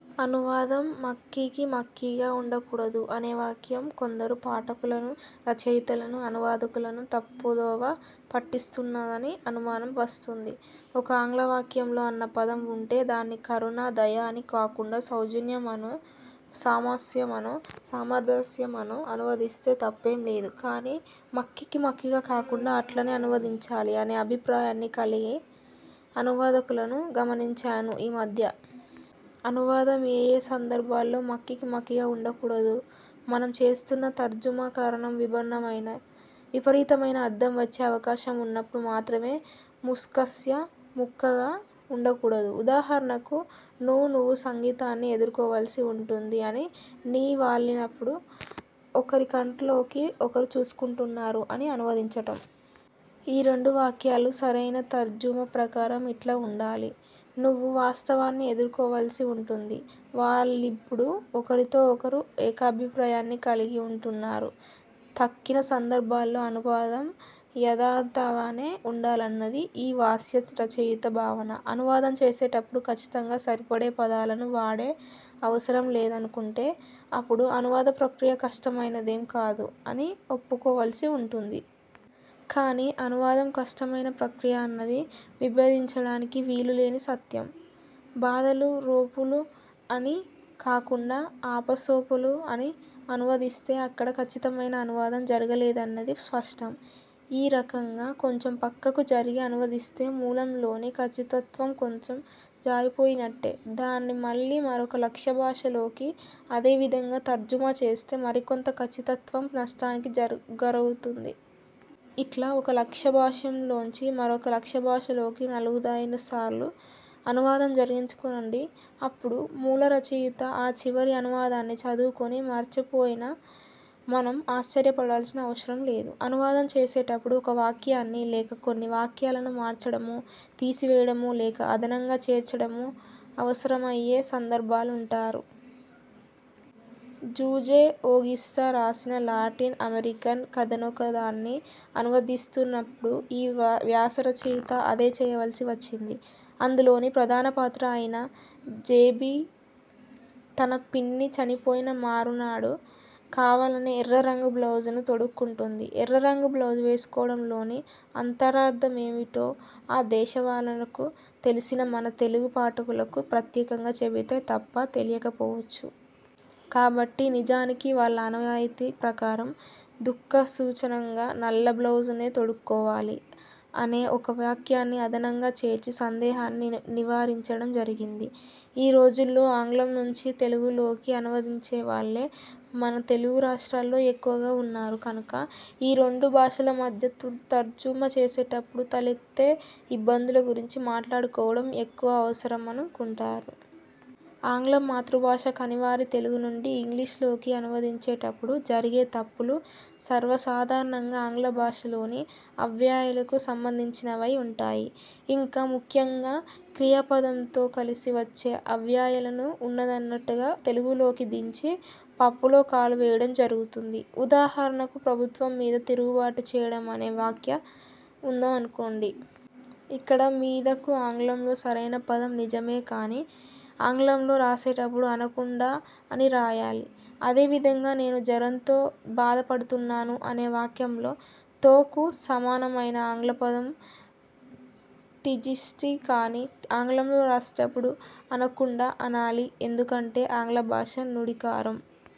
అనువాదం మక్ఖీకి మక్ఖీగా ఉండకూడదు, అనే వాక్యం కొందరు పాఠకులను, రచయితలను, అనువాదకులను తప్పుదోవ పట్టిస్తున్నదని అనుమానం వస్తోంది. ఒక ఆంగ్లవాక్యంలో అన్న పదం ఉంటే, దాన్ని కరుణ/దయ అని కాకుండా సౌజన్యం అనో, సౌమనస్యం అనో, సామరస్యం అనో అనువదిస్తే తప్పేం లేదు; కానీ మక్ఖీకి మక్ఖీగా కాకుండా అట్లానే అనువదించాలి అనే అభిప్రాయాన్ని కలిగిన అనువాదకులను గమనించాను ఈ మధ్య. అనువాదం ఏయే సందర్భాల్లో మక్ఖీకి మక్ఖీగా ఉండకూడదు? మనం చేస్తున్న తర్జుమా కారణంగా భిన్నమైన, విపరీతమైన అర్థం వచ్చే అవకాశం ఉన్నప్పుడు మాత్రమే ముక్కస్య ముక్కగా ఉండకూడదు. ఉదాహరణకు ' 'ను నువ్వు సంగీతాన్ని ఎదుర్కోవలసి ఉంటుంది అని, ' 'ని వాళ్లిప్పుడు ఒకరి కంట్లోకి ఒకరు చూసుకుంటున్నారు అని అనువదించటం. ఈ రెండు వాక్యాలు సరైన తర్జుమా ప్రకారం ఇట్లా వుండాలి: నువ్వు వాస్తవాన్ని ఎదుర్కోవలసి ఉంటుంది; వాళ్లిప్పుడు ఒకరితో ఒకరు ఏకాభిప్రాయాన్ని కలిగి ఉంటున్నారు. తక్కిన సందర్భాల్లో అనువాదం యథాతథంగానే ఉండాలన్నది ఈ వ్యాసరచయిత భావన. 'అనువాదం' చేసేటప్పుడు కచ్చితంగా సరిపడే పదాలను వాడే అవసరం లేదనుకుంటే, అప్పుడు అనువాద ప్రక్రియ కష్టమైనదేం కాదు అని ఒప్పుకోవలసి ఉంటుంది. కాని, అనువాదం కష్టమైన ప్రక్రియ అన్నది విభేదించడానికి వీలు లేని సత్యం. బాధలు ొప్పులు అని కాకుండా ఆపసోపాలు అని అనువదిస్తే అక్కడ కచ్చితమైన అనువాదం జరగలేదన్నది స్పష్టం. ఈ రకంగా కొంచెం పక్కకు జరిగి అనువదిస్తే మూలంలోని కచ్చితత్వం కొంత జారిపోయినట్టే. దాన్ని మళ్లీ మరొక లక్ష్యభాష లోకి అదే విధంగా తర్జుమా చేస్తే మరికొంత కచ్చితత్వం నష్టానికి గురవుతుంది. ఇట్లా ఒక లక్ష్యభాషలోంచి మరొక లక్ష్యభాషలోకి నాలుగైదు సార్లు అనువాదం జరిగిందనుకోండి; అప్పుడు మూలరచయిత ఆ చివరి అనువాదాన్ని చదువుకుని మూర్ఛపోయినా మనం ఆశ్చర్యపడాల్సిన అవసరం లేదు! అనువాదం చేసేటప్పుడు ఒక వాక్యాన్ని, లేక కొన్ని వాక్యాలను మార్చడమో తీసివేయడమో లేక అదనంగా చేర్చడమో అవసరమయ్యే సందర్భాలుంటారు. జూజే ఓగిస్తా రాసిన లాటిన్ అమెరికన్ కథనొకదాన్ని అనువదిస్తు న్నప్పుడు ఈ వ్యాసరచయిత అదే చేయవలసి వచ్చింది. అందులోని ప్రధానపాత్ర అయిన బేబీ, తన పిన్ని చనిపోయిన మరునాడు కావాలనే ఎర్రరంగు బ్లౌజును తొడుక్కుంటుంది. ఎర్రరంగు బ్లౌజు వేసుకోవడం లోని అంతరార్థమేమిటో ఆ దేశవాసులకు తెలిసినా మన తెలుగు పాఠకులకు ప్రత్యేకంగా చెబితే తప్ప తెలియకపోవచ్చు. కాబట్టి 'నిజానికి వాళ్ల ఆనవాయితీ ప్రకారం దుఃఖసూచకంగా నల్లబ్లౌజునే తొడుక్కోవాలి' అనే ఒక వాక్యాన్ని అదనంగా చేర్చి సందేహాన్ని నివారించడం జరిగింది. ఈ రోజుల్లో ఆంగ్లం నుంచి తెలుగులోనికి అనువదించేవాళ్లే మన తెలుగు రాష్ట్రాలలో ఎక్కువగా ఉన్నారు కనుక, ఈ రెండు భాషల మధ్య తర్జుమా చేసేటప్పుడు తలెత్తే ఇబ్బందుల గురించి మాట్లాడుకోవటం ఎక్కువ అవసరమను కుంటాను. ఆంగ్లం మాతృభాష కానివారు తెలుగు నుండి ఇంగ్లిష్ లోకి అనువదిం చేటప్పుడు జరిగే తప్పులు సర్వసాధారణంగా ఆంగ్లభాషలోని అవ్యయాలకు సంబంధించినవై ఉంటాయి. ఇంకా ముఖ్యంగా, క్రియాపదంతో కలిసి వచ్చే అవ్యయాలను ఉన్నదున్నట్టుగా తెలుగులోకి దించి, పప్పులో కాలు వేయటం జరుగుతుంది. ఉదాహరణకు, ప్రభుత్వం మీద తిరుగుబాటు చేయడం అనే వాక్యభాగం ఉందనుకోండి. ఇక్కడ 'మీద'కు ఆంగ్లంలో సరైన పదం, నిజమే. కాని, ఆంగ్లంలో రాసేటప్పుడు అనకుండా అని రాయాలి. అదే విధంగా నేను జ్వరంతో బాధ పడుతున్నాను అనే వాక్యంలోని 'తో' కు సమానమైన ఆంగ్లపదం ఠీజ్టీజి. కాని, ఆంగ్లంలో రాసేటప్పుడు అనకుండా, అనాలి. ఎందుకంటే, ఆంగ్లభాషా నుడికారం